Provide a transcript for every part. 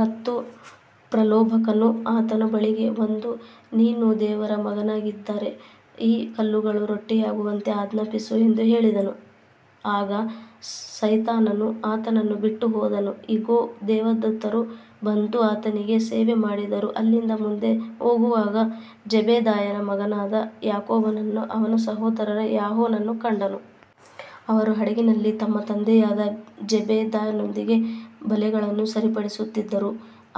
ಮತ್ತು ಪ್ರಲೋಭಕನು ಆತನ ಬಳಿಗೆ ಬಂದು, ನೀನು ದೇವರ ಮಗನಾಗಿದ್ದರೆ ಈ ಕಲ್ಲುಗಳು ರೊಟ್ಟಿಯಾಗುವಂತೆ ಆಜ್ಞಾಪಿಸು ಎಂದು ಹೇಳಿದನು. ಆಗ ಸೈತಾನನು ಆತನನ್ನು ಬಿಟ್ಟುಹೋದನು. ಇಗೋ, ದೇವದೂತರು ಬಂದು ಆತನಿಗೆ ಸೇವೆಮಾಡಿದರು. ಅಲ್ಲಿಂದ ಮುಂದೆ ಹೋಗುವಾಗ ಜೆಬೆದಾಯನ ಮಗನಾದ ಯಾಕೋಬನನ್ನೂ ಅವನ ಸಹೋದರ ಯೋಹಾನನನ್ನೂ ಕಂಡನು. ಅವರು ಹಡಗಿನಲ್ಲಿ ತಮ್ಮ ತಂದೆಯಾದ ಜೆಬೆದಾಯನೊಂದಿಗೆ ಬಲೆಗಳನ್ನು ಸರಿಪಡಿಸುತ್ತಿದ್ದರು.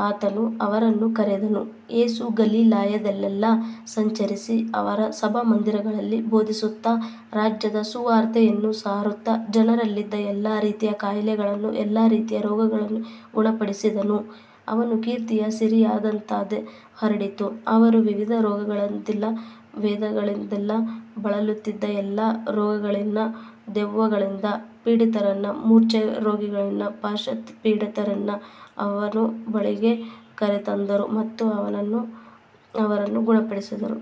ಆತನು ಅವರನ್ನು ಕರೆದನು. ಯೇಸು ಗಲಿಲಾಯದಲ್ಲೆಲ್ಲಾ ಸಂಚರಿಸಿ, ಅವರ ಸಭಾಮಂದಿರಗಳಲ್ಲಿ ಬೋಧಿಸುತ್ತಾ, ರಾಜ್ಯದ ಸುವಾರ್ತೆಯನ್ನು ಸಾರುತ್ತಾ, ಜನರಲ್ಲಿದ್ದ ಎಲ್ಲಾ ರೀತಿಯ ಕಾಯಿಲೆಗಳನ್ನೂ ಎಲ್ಲಾ ರೀತಿಯ ರೋಗಗಳನ್ನೂ ಗುಣಪಡಿಸಿದನು. ಅವನ ಕೀರ್ತಿಯು ಸಿರಿಯಾದಾದ್ಯಂತ ಹರಡಿತು. ಅವರು ವಿವಿಧ ರೋಗಗಳಿಂದಲೂ ವೇದನೆಗಳಿಂದಲೂ ಬಳಲುತ್ತಿದ್ದ ಎಲ್ಲಾ ರೋಗಿಗಳನ್ನೂ, ದೆವ್ವಗಳಿಂದ ಪೀಡಿತರನ್ನೂ, ಮೂರ್ಛೆರೋಗಿಗಳನ್ನೂ, ಪಾರ್ಶ್ವವಾಯುಪೀಡಿತರನ್ನೂ ಅವನ ಬಳಿಗೆ ಕರೆತಂದರು ಮತ್ತು ಅವನು ಅವರನ್ನು ಗುಣಪಡಿಸಿದನು.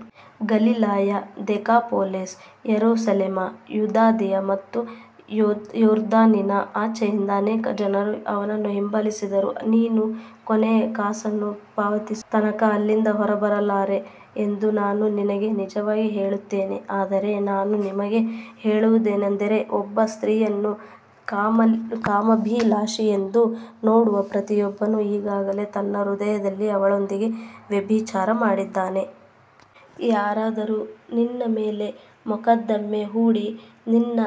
ಗಲಿಲಾಯ, ದೆಕಾಪೊಲಿಸ್, ಯೆರೂಸಲೇಮು, ಯೂದಾಯ ಮತ್ತು ಯೊರ್ದಾನಿನ ಆಚೆಯಿಂದ ಅನೇಕ ಜನರು ಅವನನ್ನು ಹಿಂಬಾಲಿಸಿದರು. ನೀನು ಕೊನೆಯ ಕಾಸನ್ನು ಪಾವತಿಸುವ ತನಕ ಅಲ್ಲಿಂದ ಹೊರಬರಲಾರೆ ಎಂದು ನಾನು ನಿನಗೆ ನಿಜವಾಗಿ ಹೇಳುತ್ತೇನೆ. ಆದರೆ ನಾನು ನಿಮಗೆ ಹೇಳುವುದೇನೆಂದರೆ, ಒಬ್ಬ ಸ್ತ್ರೀಯನ್ನು ಕಾಮಾಭಿಲಾಷೆಯಿಂದ ನೋಡುವ ಪ್ರತಿಯೊಬ್ಬನು ಈಗಾಗಲೇ ತನ್ನ ಹೃದಯದಲ್ಲಿ ಅವಳೊಂದಿಗೆ ವ್ಯಭಿಚಾರ ಮಾಡಿದ್ದಾನೆ. ಯಾರಾದರೂ ನಿನ್ನ ಮೇಲೆ ಮೊಕದ್ದಮೆ ಹೂಡಿ ನಿನ್ನ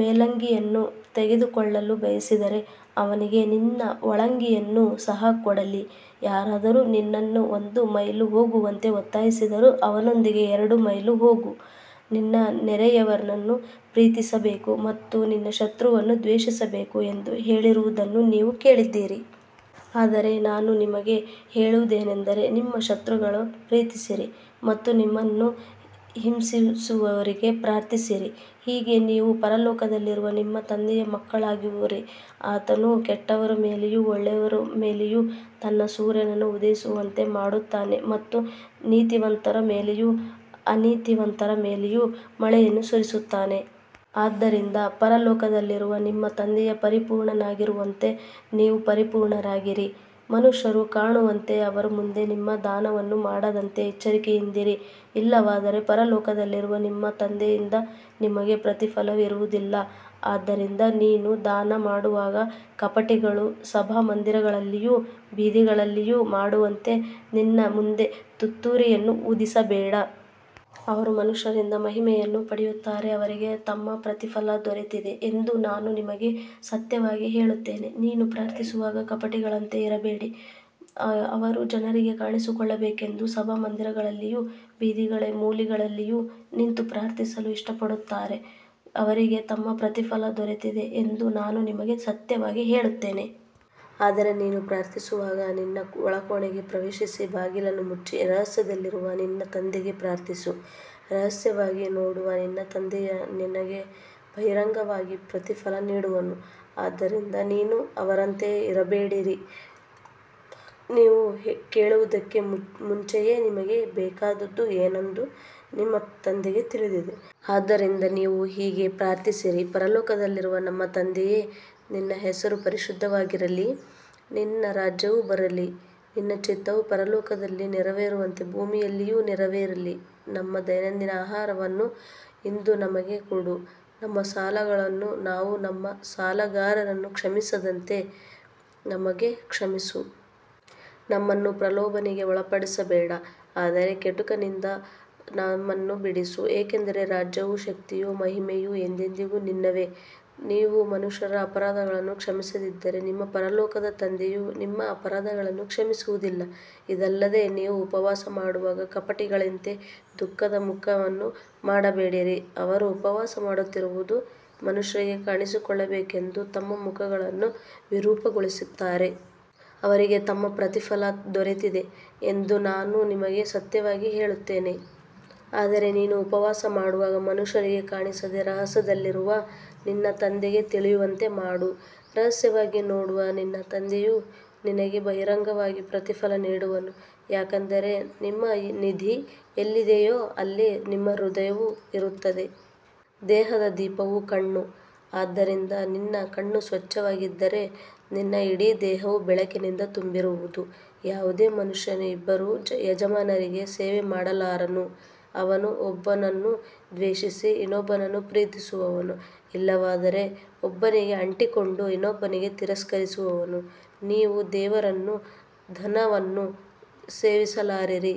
ಮೇಲಂಗಿಯನ್ನು ತೆಗೆದುಕೊಳ್ಳಲು ಬಯಸಿದರೆ, ಅವನಿಗೆ ನಿನ್ನ ಒಳಂಗಿಯನ್ನೂ ಸಹ ಕೊಡಲಿ. ಯಾರಾದರೂ ನಿನ್ನನ್ನು ಒಂದು ಮೈಲು ಹೋಗುವಂತೆ ಒತ್ತಾಯಿಸಿದರೆ, ಅವನೊಂದಿಗೆ ಎರಡು ಮೈಲು ಹೋಗು. ನಿನ್ನ ನೆರೆಯವನನ್ನು ಪ್ರೀತಿಸಬೇಕು ಮತ್ತು ನಿನ್ನ ಶತ್ರುವನ್ನು ದ್ವೇಷಿಸಬೇಕು ಎಂದು ಹೇಳಿರುವುದನ್ನು ನೀವು ಕೇಳಿದ್ದೀರಿ. ಆದರೆ ನಾನು ನಿಮಗೆ ಹೇಳುವುದೇನೆಂದರೆ, ನಿಮ್ಮ ಶತ್ರುಗಳನ್ನು ಪ್ರೀತಿಸಿರಿ ಮತ್ತು ನಿಮ್ಮನ್ನು ಹಿಂಸಿಸುವವರಿಗಾಗಿ ಪ್ರಾರ್ಥಿಸಿರಿ. ಹೀಗೆ ನೀವು ಪರಲೋಕದಲ್ಲಿರುವ ನಿಮ್ಮ ತಂದೆಯ ಮಕ್ಕಳಾಗುವಿರಿ. ಆತನು ಕೆಟ್ಟವರ ಮೇಲೆಯೂ ಒಳ್ಳೆಯವರ ಮೇಲೆಯೂ ತನ್ನ ಸೂರ್ಯನನ್ನು ಉದಯಿಸುವಂತೆ ಮಾಡುತ್ತಾನೆ ಮತ್ತು ನೀತಿವಂತರ ಮೇಲೆಯೂ ಅನೀತಿವಂತರ ಮೇಲೆಯೂ ಮಳೆಯನ್ನು ಸುರಿಸುತ್ತಾನೆ. ಆದ್ದರಿಂದ ಪರಲೋಕದಲ್ಲಿರುವ ನಿಮ್ಮ ತಂದೆಯು ಪರಿಪೂರ್ಣನಾಗಿರುವಂತೆ ನೀವೂ ಪರಿಪೂರ್ಣರಾಗಿರಿ. ಮನುಷ್ಯರು ಕಾಣುವಂತೆ ಅವರ ಮುಂದೆ ನಿಮ್ಮ ದಾನವನ್ನು ಮಾಡದಂತೆ ಎಚ್ಚರಿಕೆಯಿಂದಿರಿ. ಇಲ್ಲವಾದರೆ ಪರಲೋಕದಲ್ಲಿರುವ ನಿಮ್ಮ ತಂದೆಯಿಂದ ನಿಮಗೆ ಪ್ರತಿಫಲವಿರುವುದಿಲ್ಲ. ಆದ್ದರಿಂದ ನೀನು ದಾನ ಮಾಡುವಾಗ ಕಪಟಿಗಳು ಸಭಾಮಂದಿರಗಳಲ್ಲಿಯೂ ಬೀದಿಗಳಲ್ಲಿಯೂ ಮಾಡುವಂತೆ ನಿನ್ನ ಮುಂದೆ ತುತ್ತೂರಿಯನ್ನು ಊದಿಸಬೇಡ. ಅವರು ಮನುಷ್ಯರಿಂದ ಮಹಿಮೆಯನ್ನು ಪಡೆಯುತ್ತಾರೆ. ಅವರಿಗೆ ತಮ್ಮ ಪ್ರತಿಫಲ ದೊರೆತಿದೆ ಎಂದು ನಾನು ನಿಮಗೆ ಸತ್ಯವಾಗಿ ಹೇಳುತ್ತೇನೆ. ನೀನು ಪ್ರಾರ್ಥಿಸುವಾಗ ಕಪಟಿಗಳಂತೆ ಇರಬೇಡ. ಅವರು ಜನರಿಗೆ ಕಾಣಿಸಿಕೊಳ್ಳಬೇಕೆಂದು ಸಭಾಮಂದಿರಗಳಲ್ಲಿಯೂ ಬೀದಿಗಳ ಮೂಲೆಗಳಲ್ಲಿಯೂ ನಿಂತು ಪ್ರಾರ್ಥಿಸಲು ಇಷ್ಟಪಡುತ್ತಾರೆ. ಅವರಿಗೆ ತಮ್ಮ ಪ್ರತಿಫಲ ದೊರೆತಿದೆ ಎಂದು ನಾನು ನಿಮಗೆ ಸತ್ಯವಾಗಿ ಹೇಳುತ್ತೇನೆ. ಆದರೆ ನೀನು ಪ್ರಾರ್ಥಿಸುವಾಗ ನಿನ್ನ ಒಳಕೋಣೆಗೆ ಪ್ರವೇಶಿಸಿ, ಬಾಗಿಲನ್ನು ಮುಚ್ಚಿ, ರಹಸ್ಯದಲ್ಲಿರುವ ನಿನ್ನ ತಂದೆಗೆ ಪ್ರಾರ್ಥಿಸು. ರಹಸ್ಯವಾಗಿ ನೋಡುವ ನಿನ್ನ ತಂದೆಯು ನಿನಗೆ ಬಹಿರಂಗವಾಗಿ ಪ್ರತಿಫಲ ನೀಡುವನು. ಆದ್ದರಿಂದ ನೀವು ಅವರಂತೆ ಇರಬೇಡಿರಿ. ನೀವು ಕೇಳುವುದಕ್ಕೆ ಮುಂಚೆಯೇ ನಿಮಗೆ ಬೇಕಾದದ್ದು ಏನೆಂದು ನಿಮ್ಮ ತಂದೆಗೆ ತಿಳಿದಿದೆ. ಆದ್ದರಿಂದ ನೀವು ಹೀಗೆ ಪ್ರಾರ್ಥಿಸಿರಿ, ಪರಲೋಕದಲ್ಲಿರುವ ನಮ್ಮ ತಂದೆಯೇ, ನಿನ್ನ ಹೆಸರು ಪರಿಶುದ್ಧವಾಗಿರಲಿ. ನಿನ್ನ ರಾಜ್ಯವು ಬರಲಿ. ನಿನ್ನ ಚಿತ್ತವು ಪರಲೋಕದಲ್ಲಿ ನೆರವೇರುವಂತೆ ಭೂಮಿಯಲ್ಲಿಯೂ ನೆರವೇರಲಿ. ನಮ್ಮ ದೈನಂದಿನ ಆಹಾರವನ್ನು ಇಂದು ನಮಗೆ ಕೊಡು. ನಮ್ಮ ಸಾಲಗಳನ್ನು ನಾವು ನಮ್ಮ ಸಾಲಗಾರರನ್ನು ಕ್ಷಮಿಸಿದಂತೆ ನಮಗೂ ಕ್ಷಮಿಸು. ನಮ್ಮನ್ನು ಪ್ರಲೋಭನೆಗೆ ಒಳಪಡಿಸಬೇಡ, ಆದರೆ ಕೆಡುಕಿನಿಂದ ನಮ್ಮನ್ನು ಬಿಡಿಸು. ಏಕೆಂದರೆ ರಾಜ್ಯವೂ ಶಕ್ತಿಯೂ ಮಹಿಮೆಯೂ ಎಂದೆಂದಿಗೂ ನಿನ್ನವೇ. ನೀವು ಮನುಷ್ಯರ ಅಪರಾಧಗಳನ್ನು ಕ್ಷಮಿಸದಿದ್ದರೆ, ನಿಮ್ಮ ಪರಲೋಕದ ತಂದೆಯೂ ನಿಮ್ಮ ಅಪರಾಧಗಳನ್ನು ಕ್ಷಮಿಸುವುದಿಲ್ಲ. ಇದಲ್ಲದೆ ನೀವು ಉಪವಾಸ ಮಾಡುವಾಗ ಕಪಟಿಗಳಂತೆ ದುಃಖದ ಮುಖವನ್ನು ಮಾಡಬೇಡಿರಿ. ಅವರು ಉಪವಾಸ ಮಾಡುತ್ತಿರುವುದು ಮನುಷ್ಯರಿಗೆ ಕಾಣಿಸಿಕೊಳ್ಳಬೇಕೆಂದು ತಮ್ಮ ಮುಖಗಳನ್ನು ವಿರೂಪಗೊಳಿಸುತ್ತಾರೆ. ಅವರಿಗೆ ತಮ್ಮ ಪ್ರತಿಫಲ ದೊರೆತಿದೆ ಎಂದು ನಾನು ನಿಮಗೆ ಸತ್ಯವಾಗಿ ಹೇಳುತ್ತೇನೆ. ಆದರೆ ನೀನು ಉಪವಾಸ ಮಾಡುವಾಗ ಮನುಷ್ಯರಿಗೆ ಕಾಣಿಸದೆ, ರಹಸ್ಯದಲ್ಲಿರುವ ನಿನ್ನ ತಂದೆಗೆ ತಿಳಿಯುವಂತೆ ಮಾಡು. ರಹಸ್ಯವಾಗಿ ನೋಡುವ ನಿನ್ನ ತಂದೆಯು ನಿನಗೆ ಬಹಿರಂಗವಾಗಿ ಪ್ರತಿಫಲ ನೀಡುವನು. ಯಾಕಂದರೆ ನಿಮ್ಮ ನಿಧಿ ಎಲ್ಲಿದೆಯೋ ಅಲ್ಲಿ ನಿಮ್ಮ ಹೃದಯವೂ ಇರುತ್ತದೆ. ದೇಹದ ದೀಪವು ಕಣ್ಣು. ಆದ್ದರಿಂದ ನಿನ್ನ ಕಣ್ಣು ಸ್ವಚ್ಛವಾಗಿದ್ದರೆ ನಿನ್ನ ಇಡೀ ದೇಹವು ಬೆಳಕಿನಿಂದ ತುಂಬಿರುವುದು. ಯಾವುದೇ ಮನುಷ್ಯನೂ ಇಬ್ಬರು ಯಜಮಾನರಿಗೆ ಸೇವೆಮಾಡಲಾರನು. ಅವನು ಒಬ್ಬನನ್ನು ದ್ವೇಷಿಸಿ ಇನ್ನೊಬ್ಬನನ್ನು ಪ್ರೀತಿಸುವನು, ಇಲ್ಲವಾದರೆ ಒಬ್ಬನಿಗೆ ಅಂಟಿಕೊಂಡು ಇನ್ನೊಬ್ಬನನ್ನು ತಿರಸ್ಕರಿಸುವನು. ನೀವು ದೇವರನ್ನೂ ಧನವನ್ನೂ ಸೇವಿಸಲಾರಿರಿ.